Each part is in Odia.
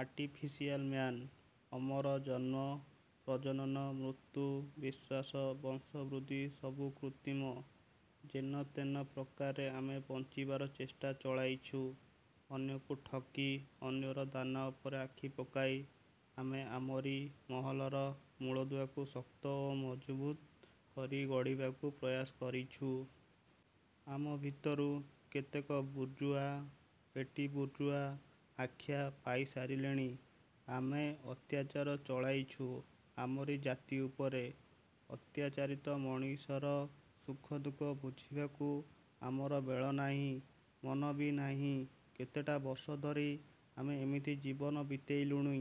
Artificial man. ଅମର ଜନ୍ମ, ପ୍ରଜନନ, ମୃତ୍ୟୁ, ବିଶ୍ୱାସ, ବଂଶବୁଦ୍ଧି-ସବୁ କୃତ୍ରିମ। ଯେନତେନ ପ୍ରକାରେ ଆମେ ବଞ୍ଚିବାର ଚେଷ୍ଟା ଚଳାଇଛୁ। ଅନ୍ୟକୁ ଠକି, ଅନ୍ୟର ଦାନା ଉପରେ ଆଖି ପକାଇ, ଆମେ ଆମରି ମହଲର ମୂଳଦୁଆକୁ ଶକ୍ତ ଓ ମଜବୁତ୍ କରି ଗଢ଼ିବାକୁ ପ୍ରୟାସ କରିଛୁ। ଆମ ଭିତରୁ କେତେକ ବୁର୍ଜୁଆ, ପେଟି ବୁର୍ଜୁଆ ଆଖ୍ୟା ପାଇ ସାରିଲେଣି। ଆମେ ଅତ୍ୟାଚାର ଚଳାଇଛୁ ଆମରି ଜାତି ଉପରେ। ଅତ୍ୟାଚାରିତ ମଣିଷର ସୁଖଦୁଃଖ ବୁଝିବାକୁ ଆମର ବେଳ ନାହିଁ। ମନ ବି ନାହିଁ। କେତେଟା' ବର୍ଷ ଧରି ଆମେ ଏମିତି ଜୀବନ ବିତେଇଲୁଣି।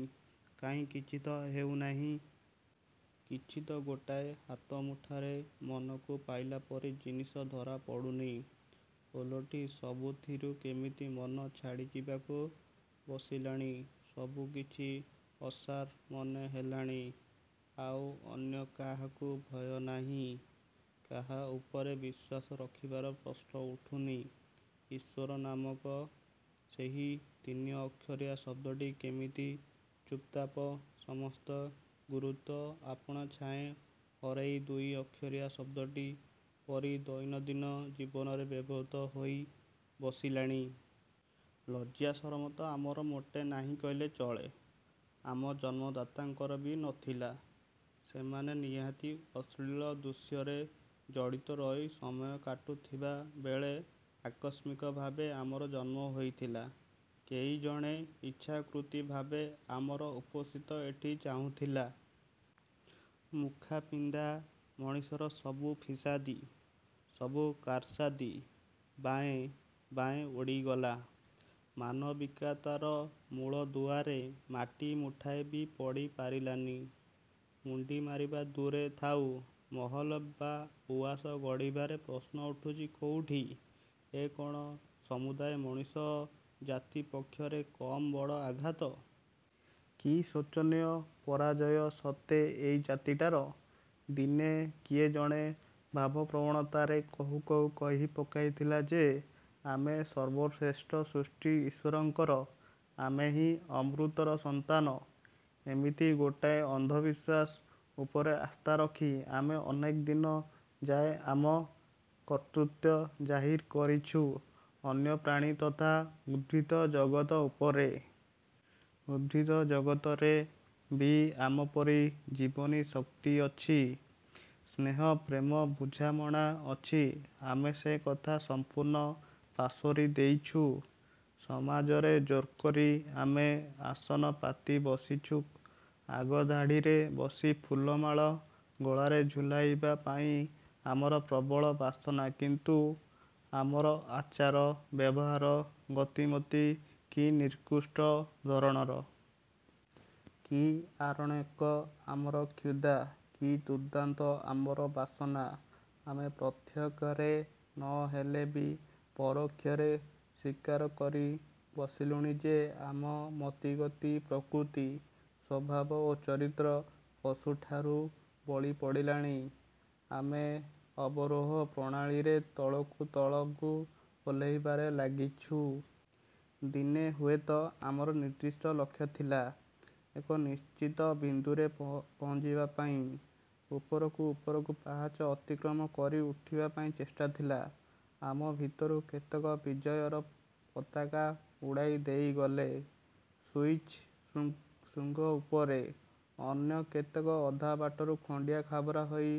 କାହିଁ କିଛିତ ହେଉନାହିଁ। କିଛିତ ଗୋଟାଏ ହାତ ମୁଠାରେ ମନକୁ ପାଇଲା ପରି ଜିନିଷ ଧରା ପଡ଼ୁନି। ଓଲଟି ସବୁଥିରୁ କେମିତି ମନ ଛାଡ଼ି ଯିବାକୁ ବସିଲାଣି। ସବୁକିଛି ଅସାର ମନେ ହେଲାଣି। ଆଉ ଅନ୍ୟ କାହାକୁ ଭୟ ନାହିଁ। କାହା ଉପରେ ବିଶ୍ୱାସ ରଖିବାର ପ୍ରଶ୍ନ ଉଠୁନି। ଈଶ୍ୱର ନାମକ ସେହି ତିନିଅକ୍ଷରିଆ ଶବ୍ଦଟି କେମିତି ଚୁପ୍ଚାପ୍ ସମସ୍ତ ଗୁରୁତ୍ୱ ଆପଣାଛାଏଁ ହରେଇ ଦୁଇ ଅକ୍ଷରିଆ ଶବ୍ଦଟି ପରି ଦୈନନ୍ଦିନ ଜୀବନରେ ବ୍ୟବହୃତ ହୋଇ ବସିଲାଣି। ଲଜ୍ଜା ସରମତ ଆମର ମୋଟେ ନାହିଁ କହିଲେ ଚଳେ। ଆମ ଜନ୍ମଦାତାଙ୍କର ବି ନ ଥିଲା। ସେମାନେ ନିହାତି ଅଶ୍ଳୀଳ ଦୃଶ୍ୟରେ ଜଡ଼ିତ ରହି ସମୟ କାଟୁଥିବା ବେଳେ ଆକସ୍ମିକ ଭାବେ ଆମର ଜନ୍ମ ହୋଇଥିଲା। କେହି ଜଣେ ଇଚ୍ଛାକୃତି ଭାବେ ଆମର ଉପସ୍ଥିତ ଏଠି ଚାହୁଁଥିଲା-? ମୁଖାପିନ୍ଧା ମଣିଷର ସବୁ ଫିସାଦି, ସବୁ କାରସାଦି ବାଏଁ ବାଏଁ ଉଡ଼ିଗଲା। ମାନବିକତାର ମୂଳଦୁଆରେ ମାଟି ମୁଠାଏ ବି ପଡ଼ି ପାରିଲାନି। ମୁଣ୍ତି ମାରିବା ଦୂରେ ଥାଉ। ମହଲ ବା ଉଆସ ଗଢ଼ିବାର ପ୍ରଶ୍ନ ଉଠୁଛି କୋଉଠି? ଏ କ'ଣ ସମୁଦାୟ ମଣିଷ ଜାତି ପକ୍ଷରେ କମ୍ ବଡ଼ ଆଘାତ। କି ଶୋଚନୀୟ ପରାଜୟ ସତେ ଏଇ ଜାତିଟାର। ଦିନେ କିଏ ଜଣେ ଭାବପ୍ରବଣତାରେ କହୁ କହୁ କହି ପକାଇଥିଲା ଯେ, 'ଆମେ ସର୍ବଶ୍ରେଷ୍ଠ ସୃଷ୍ଟି ଈଶ୍ୱରଙ୍କର। ଆମେହିଁ ଅମୃତର ସନ୍ତାନ-। ' ଏମିତି ଗୋଟାଏ ଅନ୍ଧବିଶ୍ୱାସ ଉପରେ ଆସ୍ଥାରଖି ଆମେ ଅନେକ ଦିନ ଯାଏ ଆମ କର୍ତ୍ତୃତ୍ୱ ଜାହିର କରିଛୁ ଅନ୍ୟ ପ୍ରାଣୀ ତଥା ଉଦ୍ଭିଦ ଜଗତ ଉପରେ। ଉଦ୍ଭିଦ ଜଗତରେ ବି ଆମପରି ଜୀବନୀ ଶକ୍ତି ଅଛି। ସ୍ନେହ ପ୍ରେମ ବୁଝାମଣା ଅଛି। ଆମେ ସେ କଥା ସମ୍ପୂର୍ଣ୍ଣ ପାସୋରି ଦେଇଛୁ-। ସମାଜରେ ଜୋର୍କରି ଆମେ ଆସନ ପାତି ବସିଛୁ। ଆଗ ଧାଡ଼ିରେ ବସି ଫୁଲମାଳ ଗଳାରେ ଝୁଲାଇବା ପାଇଁ ଆମର ପ୍ରବଳ ବାସନା କିନ୍ତୁ ଆମର ଆଚାର, ବ୍ୟବହାର ଗତିମତି କି ନିକୃଷ୍ଟ ଧରଣର! କି ଆରଣ୍ୟକ ଆମର କ୍ଷୁଧା! କି ଦୁର୍ଦ୍ଦାନ୍ତ ଆମର ବାସନା! ଆମେ ପ୍ରତ୍ୟକ୍ଷରେ ନ ହେଲେ ବି ପରୋକ୍ଷରେ ସ୍ୱୀକାର କରି ବସିଲୁଣି ଯେ ଆମ ମତିଗତି ପ୍ରକୃତି, ସ୍ୱଭାବ ଓ ଚରିତ୍ର ପଶୁଠାରୁ ବଳି ପଡ଼ିଲାଣି। ଆମେ ଅବରୋହ ପ୍ରଣାଳୀରେ ତଳକୁ ତଳକୁ ଓହ୍ଲାଇବାରେ ଲାଗିଛୁ-। ଦିନେ ହୁଏତ ଆମର ନିର୍ଦ୍ଦିଷ୍ଟ ଲକ୍ଷ୍ୟ ଥିଲା। ଏକ ନିଶ୍ଚିତ ବିନ୍ଦୁରେ ପହଞ୍ଚିବା ପାଇଁ, ଉପରକୁ ଉପରକୁ ପାହାଚ ଅତିକ୍ରମ କରି ଉଠିବା ପାଇଁ ଚେଷ୍ଟା ଥିଲା। ଆମ ଭିତରୁ କେତେକ ବିଜୟର ପତାକା ଉଡ଼ାଇ ଦେଇଗଲେ ସୁଉଚ୍ଚ ଶୃଙ୍ଗ ଉପରେ। ଅନ୍ୟ କେତେକ ଅଧା ବାଟରୁ ଖଣ୍ତିଆ ଖାବରା ହୋଇ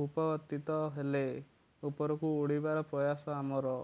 ଭୂପତିତ ହେଲେ। ଉପରକୁ ଉଡ଼ିବାର ପ୍ରୟାସ ଆମର